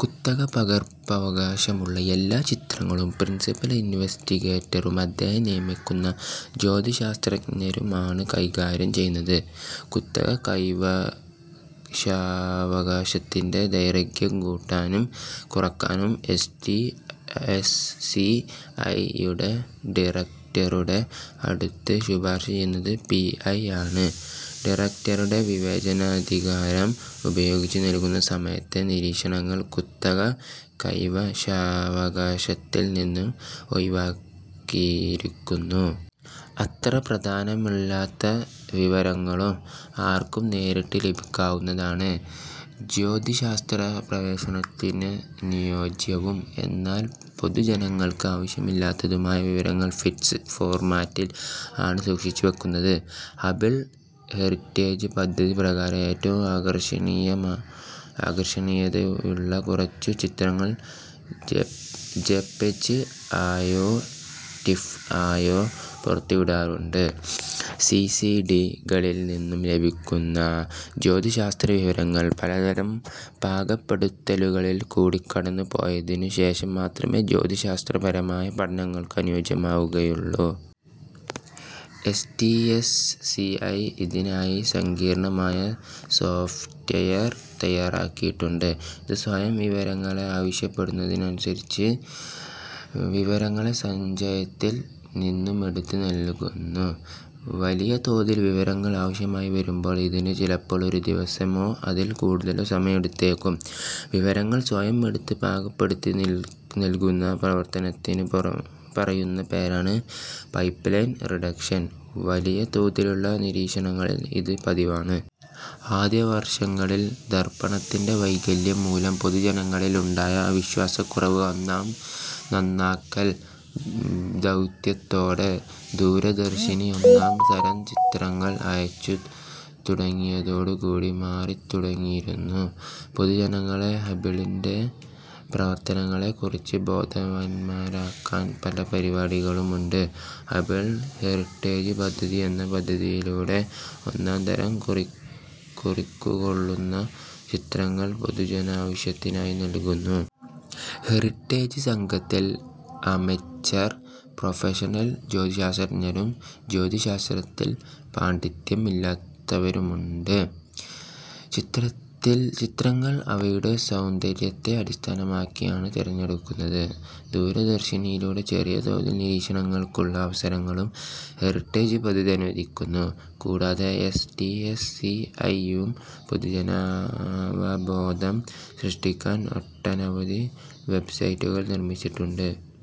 കുത്തകപകർപ്പവകാശമുള്ള എല്ലാ ചിത്രങ്ങളും പ്രിൻസിപൽ ഇൻവെസ്റ്റിഗേറ്ററും അദ്ദേഹം നിയമിക്കുന്ന ജ്യോതിശാസ്ത്രജ്ഞരും ആണ് കൈകാര്യം ചെയ്യുന്നത്. കുത്തക കൈവശാവകാശത്തിന്റെ ദൈർഘ്യം കൂട്ടാനും കുറക്കാനും S. T. S. C. I. യുടെ ഡിറക്റ്ററുടെ അടുത്ത് ശുപാർശ ചെയ്യുന്നത് പി. ഐ. ആണ്. ഡിറക്റ്ററുടെ വിവേചനാധികാരം ഉപയോഗിച്ച് നൽകുന്ന സമയത്തെ നിരീക്ഷണങ്ങൾ കുത്തക കൈവശാവകാശത്തിൽ നിന്നും ഒഴിവാക്കിയിരിക്കുന്നു. അത്ര പ്രാധാന്യമില്ലാത്ത വിവരങ്ങളും ആർക്കും നേരിട്ട് ലഭിക്കാവുന്നതാണ്. ജ്യോതിശാസ്ത്രഗവേഷണത്തിനനുയോജ്യവും എന്നാൽ പൊതുജനങ്ങൾക്ക് ആവശ്യമില്ലാത്തതുമായ വിവരങ്ങൾ ഫിറ്റ്സ് ഫോർമാറ്റിൽ ആണ് സൂക്ഷിച്ചു വെക്കുന്നത്. ഹബിൾ ഹെറിറ്റേജ് പദ്ധതി പ്രകാരം ഏറ്റവും ആകർഷണീയതയുള്ള കുറച്ചുചിത്രങ്ങൾ ജെപെഗ് ആയോ റ്റിഫ് ആയോ പുറത്തുവിടാറുണ്ട്. സി. സി. ഡി. കളിൽ നിന്നും ലഭിക്കുന്ന ജ്യോതിശാസ്ത്ര വിവരങ്ങൾ പലതരം പാകപ്പെടുത്തലുകളിൽ കൂടി കടന്നു പോയതിനു ശേഷം മാത്രമേ ജ്യോതിശാസ്ത്രപരമായ പഠനങ്ങൾക്കനുയോജ്യമാവുകയുള്ളൂ. S. T. S. C. I. ഇതിനായി സങ്കീർണ്ണമായ സോഫ്റ്റ്വെയർ തയ്യാറാക്കിയിട്ടുണ്ട്, ഇത് സ്വയം വിവരങ്ങളെ ആവശ്യപ്പെടുന്നതനുസരിച്ച് വിവരങ്ങളെ സഞ്ചയത്തിൽ നിന്നുമെടുത്ത് നൽകുന്നു. വലിയതോതിൽ വിവരങ്ങൾ ആവശ്യമായി വരുമ്പോൾ ഇതിന് ചിലപ്പോൾ ഒരു ദിവസമോ അതിൽ കൂടുതലോ സമയം എടുത്തേക്കും. വിവരങ്ങൾ സ്വയം എടുത്ത് പാകപ്പെടുത്തി നൽകുന്ന പ്രവർത്തനത്തിനു പറയുന്ന പേരാണ് 'പൈപ്പ്ലൈൻ റിഡക്ഷൻ', വലിയ തോതിലുള്ള നിരീക്ഷണങ്ങളിൽ ഇത് പതിവാണ്. ആദ്യ വർഷങ്ങളിൽ ദർപ്പണത്തിന്റെ വൈകല്യം മൂലം പൊതുജനങ്ങളിൽ ഉണ്ടായ വിശ്വാസക്കുറവ് ഒന്നാം നന്നാക്കൽ ദൗത്യത്തോടെ ദൂരദർശിനി ഒന്നാം തരം ചിത്രങ്ങൾ അയച്ചു തുടങ്ങിയതോടു കൂടി മാറിത്തുടങ്ങിയിരുന്നു. പൊതുജനങ്ങളെ ഹബിളിന്റെ പ്രവർത്തനങ്ങളെ കുറിച്ച് ബോധവാന്മാരാക്കാൻ പല പരിപാടികളുമുണ്ട്. ഹബിൾ ഹെറിട്ടേജ് പദ്ധതി എന്ന പദ്ധതിയിലൂടെ ഒന്നാംതരം കുറിക്കുകൊള്ളുന്ന ചിത്രങ്ങൾ പൊതുജനാവശ്യത്തിനായി നൽകുന്നു. ഹെറിട്ടേജ് സംഘത്തിൽ അമെച്ചെർ, പ്രൊഫഷണൽ ജ്യോതിശാസ്ത്രജ്ഞരും ജ്യോതിശാസ്തത്തിൽ പാണ്ഡിത്യം ഇല്ലാത്തവരുമുണ്ട്. ചിത്രങ്ങൾ അവയുടെ സൌന്ദര്യത്തെ അടിസ്ഥാനമാക്കിയാണ് തിരഞ്ഞെടുക്കുന്നത്. ദൂരദർശിനിയിലൂടെ ചെറിയ തോതിൽ നിരീക്ഷണങ്ങൾക്കുള്ള അവസരങ്ങളും ഹെറിട്ടേജ് പദ്ധതി അനുവദിക്കുന്നു. കൂടാതെ S. T. S. C. I യും പൊതുജനാവബോധം സൃഷ്ടിക്കാൻ ഒട്ടനവധി വെബ്സൈറ്റുകൾ നിർമ്മിച്ചിട്ടുണ്ട്.